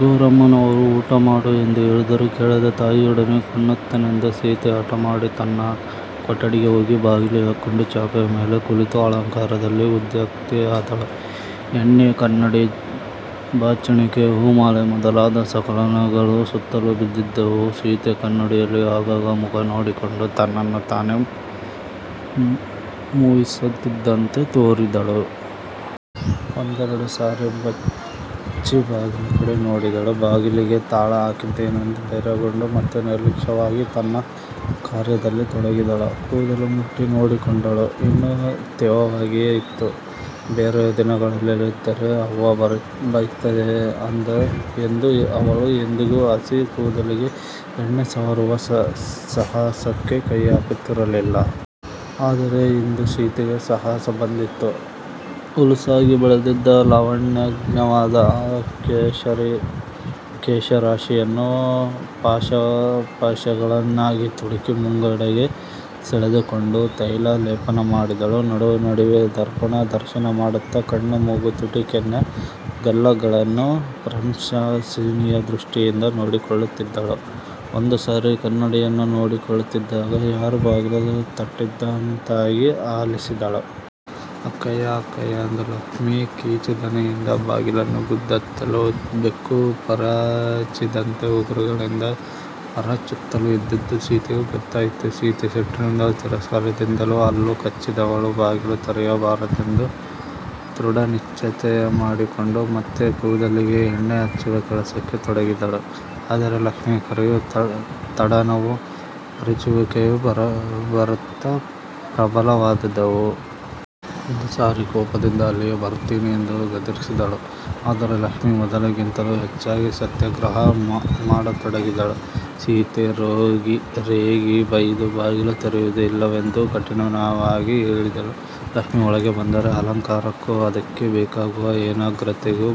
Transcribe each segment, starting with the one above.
ಗೌರಮ್ಮನವರು ಊಟಮಾಡು ಎಂದು ಹೇಳಿದರೂ ಕೇಳದೆ, ತಾಯಿಯೊಡನೆಯೇ ಉಣ್ಣುತ್ತೇನೆಂದು ಸೀತೆ ಹಟಮಾಡಿ, ತನ್ನ ಕೊಟಡಿಗೆ ಹೋಗಿ ಬಾಗಿಲು ಹಾಕಿಕೊಂಡು ಚಾಪೆಯ ಮೇಲೆ ಕುಳಿತು ಅಲಂಕಾರದಲ್ಲಿ ಉದ್ಯುಕ್ತೆಯಾದಳು. ಎಣ್ಣೆ, ಕನ್ನಡಿ, ಬಾಚಣಿಗೆ, ಹೂಮಾಲೆ ಮೊದಲಾದ ಸಲಕರಣೆಗಳು ಸುತ್ತಲೂ ಬಿದ್ದಿದ್ದುವು. ಸೀತೆ ಕನ್ನಡಿಯಲ್ಲಿ ಆಗಾಗ ಮುಖ ನೋಡಿಕೊಂಡು ತನ್ನನ್ನು ತಾನೆ ಮೋಹಿಸುತ್ತಿದ್ದಂತೆ ತೋರಿದಳು. ಒಂದೆರಡು ಸಾರಿ ಬೆಚ್ಚಿ ಬಾಗಿಲ ಕಡೆ ನೋಡಿದಳು. ಬಾಗಿಲಿಗೆ ತಾಳ ಹಾಕಿದ್ದೇನೆಂದು ಧೈರ್ಯಗೊಂಡು ಮತ್ತೆ ನಿರ್ಲಕ್ಷವಾಗಿ ತನ್ನ ಕಾರ್ಯದಲ್ಲಿ ತೊಡಗಿದಳು. ಕೂದಲು ಮುಟ್ಟಿ ನೋಡಿಕೊಂಡಳು. ಇನ್ನೂ ತೇವವಾಗಿಯೆ ಇತ್ತು. ಬೇರೆಯ ದಿನಗಳಲ್ಲಾಗಿದ್ದರೆ" ಅವ್ವ ಬಯ್ತದೆ" ಎಂದು ಅವಳು ಎಂದಿಗೂ ಹಸಿ ಕೂದಲಿಗೆ ಎಣ್ಣೆ ಸವರುವ ಸಾಹಸಕ್ಕೆ ಕೈಹಾಕುತ್ತಿರಲಿಲ್ಲ. ಆದರೆ ಇಂದು ಸೀತೆಗೆ ಸಾಹಸ ಬಂದಿತ್ತು. ಹುಲುಸಾಗಿ ಬೆಳೆದಿದ್ದ ಲಾವಣ್ಯಸ್ನಿಗ್ದವಾದ ಆ ಕೇಶರಾಶಿಯನ್ನು ಪಾಶಪಾಶಗಳನ್ನಾಗಿ ತುಡುಕಿ, ಮುಂಗಡೆಗೆ ಸೆಳೆದುಕೊಂಡು, ತೈಲ ಲೇಪನ ಮಾಡಿದಳು. ನಡುನಡುವೆ ದರ್ಪಣ ದರ್ಶನಮಾಡುತ್ತ, ಕಣ್ಣು ಮೂಗು ತುಟಿ ಕೆನ್ನೆ ಗಲ್ಲಗಳನ್ನೂ ಪ್ರಶಂಸನೀಯ ದೃಷ್ಟಿಯಿಂದ ನೋಡಿಕೊಳ್ಳುತ್ತಿದ್ದಳು. ಒಂದು ಸಾರಿ ಕನ್ನಡಿಯನ್ನು ನೋಡಿಕೊಳ್ಳುತ್ತಿದ್ದಾಗ ಯಾರೂ ಬಾಗಿಲು ತಟ್ಟಿದಂತಾಗಿ ಆಲಿಸಿದಳು. "ಅಕ್ಕಯ್ಯಾ ಅಕ್ಕಯ್ಯಾ " ಎಂದು ಲಕ್ಷ್ಮಿ ಕೀಚುದನಿಯಿಂದ ಬಾಗಿಲನ್ನು ಗುದ್ದುತ್ತಲೂ ಬೆಕ್ಕು ಪರಚಿದಂತೆ ಉಗುರುಗಳಿಂದ ಪರಚುತ್ತಲೂ ಇದ್ದುದು ಸೀತೆಗೆ ಗೊತ್ತಾಯಿತು. ಸೀತೆ ಸಿಟ್ಟಿನಿಂದಲೂ ತಿರಸ್ಕಾರದಿಂದಲೂ ಹಲ್ಲು ಕಚ್ಚಿದವಳು ಬಾಗಿಲು ತೆರೆಯಬಾರದೆಂದು ದೃಢನಿಶ್ಚಯ ಮಾಡಿಕೊಂಡು ಮತ್ತೆ ಕೂದಲಿಗೆ ಎಣ್ಣೆ ಹಚ್ಚುವ ಕೆಲಸಕ್ಕೆ ತೊಡಗಿದಳು. ಆದರೆ ಲಕ್ಷ್ಮಿಯ ಕರೆಯೂ ತಾಡನವೂ ಪರಚುವಿಕೆಯೂ ಬರಬರುತ್ತ ಪ್ರಬಲವಾದುವು. ಒಂದು ಸಾರಿ ಕೋಪದಿಂದ " ಅಲ್ಲಿರೇ ಬರ್ತೀನಿ! " ಎಂದು ಗದರಿಸಿದಳು. ಆದರೆ ಲಕ್ಷ್ಮಿ ಮೊದಲಿಗಿಂತಲೂ ಹೆಚ್ಚಾಗಿ "ಸತ್ಯಾಗ್ರಹ" ಮಾಡತೊಡಗಿದಳು. ಸೀತೆ ರೇಗಿ, ಬೈದು, ಬಾಗಿಲು ತೆರೆಯುವುದೇ ಇಲ್ಲವೆಂದು ಕಠಿನವಾಗಿ ಹೇಳಿದಳು. ಲಕ್ಷ್ಮಿ ಒಳಗೆ ಬಂದರೆ ಅಲಂಕಾರಕ್ಕೂ ಅದಕ್ಕೆ ಬೇಕಾಗುವ ಏಕಾಗ್ರತೆಗೂ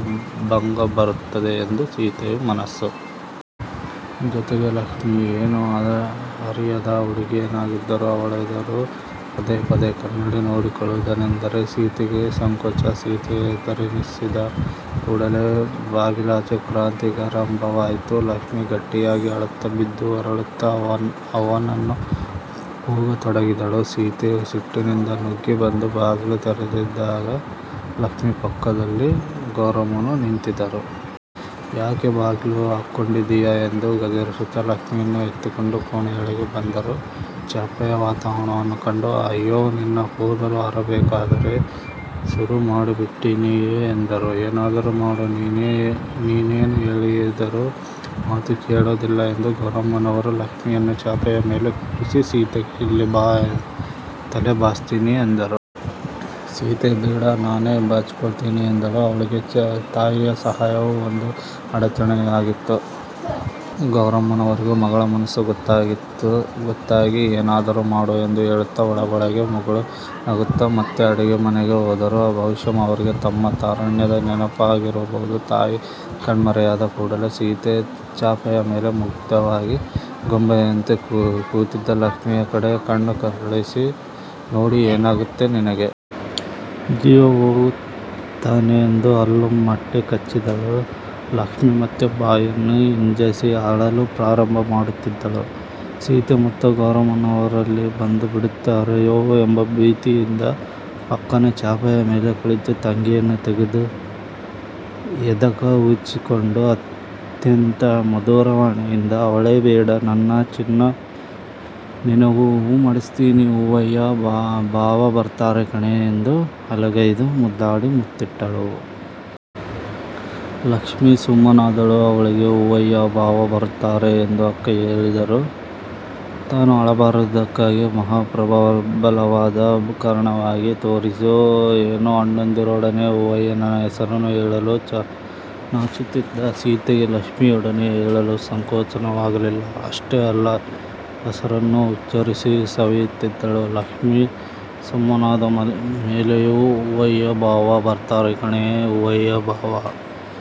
ಭಂಗಬರುತ್ತದೆ ಎಂದು ಸೀತೆಯ ಮನಸ್ಸು. ಜೊತೆಗೆ ಲಕ್ಷ್ಮಿ ಏನೂ ಅರಿಯದ ಹುಡುಗಿಯಾಗಿದ್ದರೂ ಅವಳೆದುರು ಪದೇಪದೇ ಕನ್ನಡಿ ನೋಡಿಕೊಳ್ಳುವುದೆಂದರೆ ಸೀತೆಗೆ ಸಂಕೋಚ. ಸೀತೆ ಹೆದರಿಸಿದ ಕೂಡಲೆ ಬಾಗಿಲಾಚೆ ಕ್ರಾಂತಿಗಾರಂಭವಾಯಿತು. ಲಕ್ಷ್ಮಿ ಗಟ್ಟಿಯಾಗಿ ಅಳುತ್ತ ಬಿದ್ದು ಹೊರಳುತ್ತ ಅವ್ವನನ್ನು ಕೂಗತೊಡಗಿದಳು. ಸೀತೆ ಸಿಟ್ಟಿನಿಂದ ನುಗ್ಗಿ ಬಂದು ಬಾಗಿಲು ತೆರೆದಾಗ ಲಕ್ಷ್ಮಿ ಪಕ್ಕದಲ್ಲಿ ಗೌರಮ್ಮನೂ ನಿಂತಿದ್ದರು. ಯಾಕೆ ಬಾಗಿಲು ಹಾಕ್ಕೊಂಡಿದ್ದೀಯಾ? ಎಂದು ಗದರಿಸುತ್ತ ಲಕ್ಷ್ಮಿಯನ್ನು ಎತ್ತಿಕೊಂಡು ಕೋಣೆಯೊಳಗೆ ಬಂದರು. ಚಾಪೆಯ ವಾತಾವರಣವನ್ನು ಕಂಡು" ಅಯ್ಯೋ ನಿನ್ನ ಕೂದಲು ಆರಬೇಕಾದರೆ ಸುರುಮಾಡಿಬಿಟ್ಟಿಯೇನೇ" ಎಂದರು. "ಏನಾದರೂ ಮಾಡು ನೀನೇನು ಹೇಳಿದೋರು ಮಾತು ಕೇಳೋದಿಲ್ಲ"ಎಂದು ಗೌರಮ್ಮನವರು ಲಕ್ಷ್ಮಿಯನ್ನು ಚಾಪೆಯ ಮೇಲೆ ಕೂರಿಸಿ ಸೀತೆಗೆ" ಇಲ್ಲಿ ಬಾ ತಲೆ ಬಾಚ್ತೀನಿ" ಎಂದರು. ಸೀತೆ ಬೇಡ, ನಾನೇ ಬಾಚಿಕೊಳ್ತೀನಿ ಎಂದಳು. ಅವಳಿಗೆ ತಾಯಿಯ ಸಹಾಯವೂ ಒಂದು ಅಡಚಣೆಯಾಗಿತ್ತು. ಗೌರಮ್ಮನವರಿಗೂ ಮಗಳ ಮನಸ್ಸು ಗೊತ್ತಾಗಿ ಏನಾದರೂ ಮಾಡು ಎಂದು ಹೇಳುತ್ತ ಒಳಗೊಳಗೆ ಮುಗುಳು ನಗುತ್ತ, ಮತ್ತೆ ಅಡುಗೆಮನೆಗೆ ಹೋದರು. ಬಹುಶಃ ಅವರಿಗೆ ತಮ್ಮ ತಾರುಣ್ಯದ ನೆನಪಾಗಿರಬಹುದು. ತಾಯಿ ಕಣ್ಮರೆಯಾದ ಕೂಡಲೆ ಸೀತೆ, ಚಾಪೆಯ ಮೇಲೆ ಮುಗ್ಧವಾಗಿ ಗೊಂಬೆಯಂತೆ ಕೂತಿದ್ದ ಲಕ್ಷ್ಮಿಯ ಕಡೆ ಕಣ್ಣು ಕೆರಳಿಸಿ ನೋಡಿ ಏನಾಗಿತ್ತೇ ನಿನಗೆ? ಜೀವಹೋಗ್ತಿತ್ತೇನೆ ಎಂದು ಹಲ್ಲು ಮಟ್ಟೆ ಕಚ್ಚಿದಳು. ಲಕ್ಷ್ಮಿ ಮತ್ತೆ ಬಾಯನ್ನು ಹಿಂಜಸಿ ಅಳಲು ಪ್ರಾರಂಭಮಾಡುತ್ತಿದ್ದಳು. ಸೀತೆ ಮತ್ತೆ ಗೌರಮ್ಮವನರಲ್ಲಿ ಬಂದುಬಿಡುತ್ತಾರೆಯೊ ಎಂಬ ಭೀತಿಯಿಂದ, ಪಕ್ಕನೆ ಚಾಪೆಯ ಮೇಲೆ ಕುಳಿತು ತಂಗಿಯನ್ನು ಎದೆಗವುಚಿಕೊಂಡು, ಅತ್ಯಂತ ಮಧುರವಾಣಿಯಿಂದ " ಅಳಬೇಡೇ ನನ್ನ ಚಿನ್ನಾ ನಿನಗೂ ಹೂ ಮುಡಿಸ್ತೀನಿ ಹೂವಯ್ಯ ಬಾವ ಬರ್ತಾರೆ ಕಣೇ " ಎಂದು ಲಲ್ಲೆಗೈದು ಮುದ್ದಾಡಿ ಮುತ್ತಿಟ್ಟಳು. ಲಕ್ಷ್ಮಿ ಸುಮ್ಮನಾದಳು. ಅವಳಿಗೆ "ಹೂವಯ್ಯ ಬಾವ ಬರುತ್ತಾರೆ" ಎಂದು ಅಕ್ಕ ಹೇಳಿದುದು ತಾನು ಅಳಬಾರದುದಕ್ಕೆ ಮಹಾಪ್ರಬಲವಾದ ಕಾರಣವಾಗಿ ತೋರಿತೋ ಏನೋ ಅಣ್ಣಂದಿರೊಡನೆ ಹೂವಯ್ಯನ ಹೆಸರನ್ನು ಹೇಳಲು ನಾಚುತ್ತಿದ್ದ ಸೀತೆಗೆ ಲಕ್ಷ್ಮಿಯೊಡನೆ ಹೇಳಲು ಸಂಕೋಚವಾಗಲಿಲ್ಲ. ಅಷ್ಟೇ ಅಲ್ಲ. ಹೆಸರನ್ನು ಉಚ್ಚರಿಸಿ ಸವಿಯುತ್ತಿದ್ದಳು. ಲಕ್ಷ್ಮಿ ಸುಮ್ಮನಾದ ಮೇಲೆಯೂ "ಹೂವಯ್ಯಬಾವ ಬರ್ತಾರೆ ಕಣೇ ಹೂವಯ್ಯ ಬಾವ,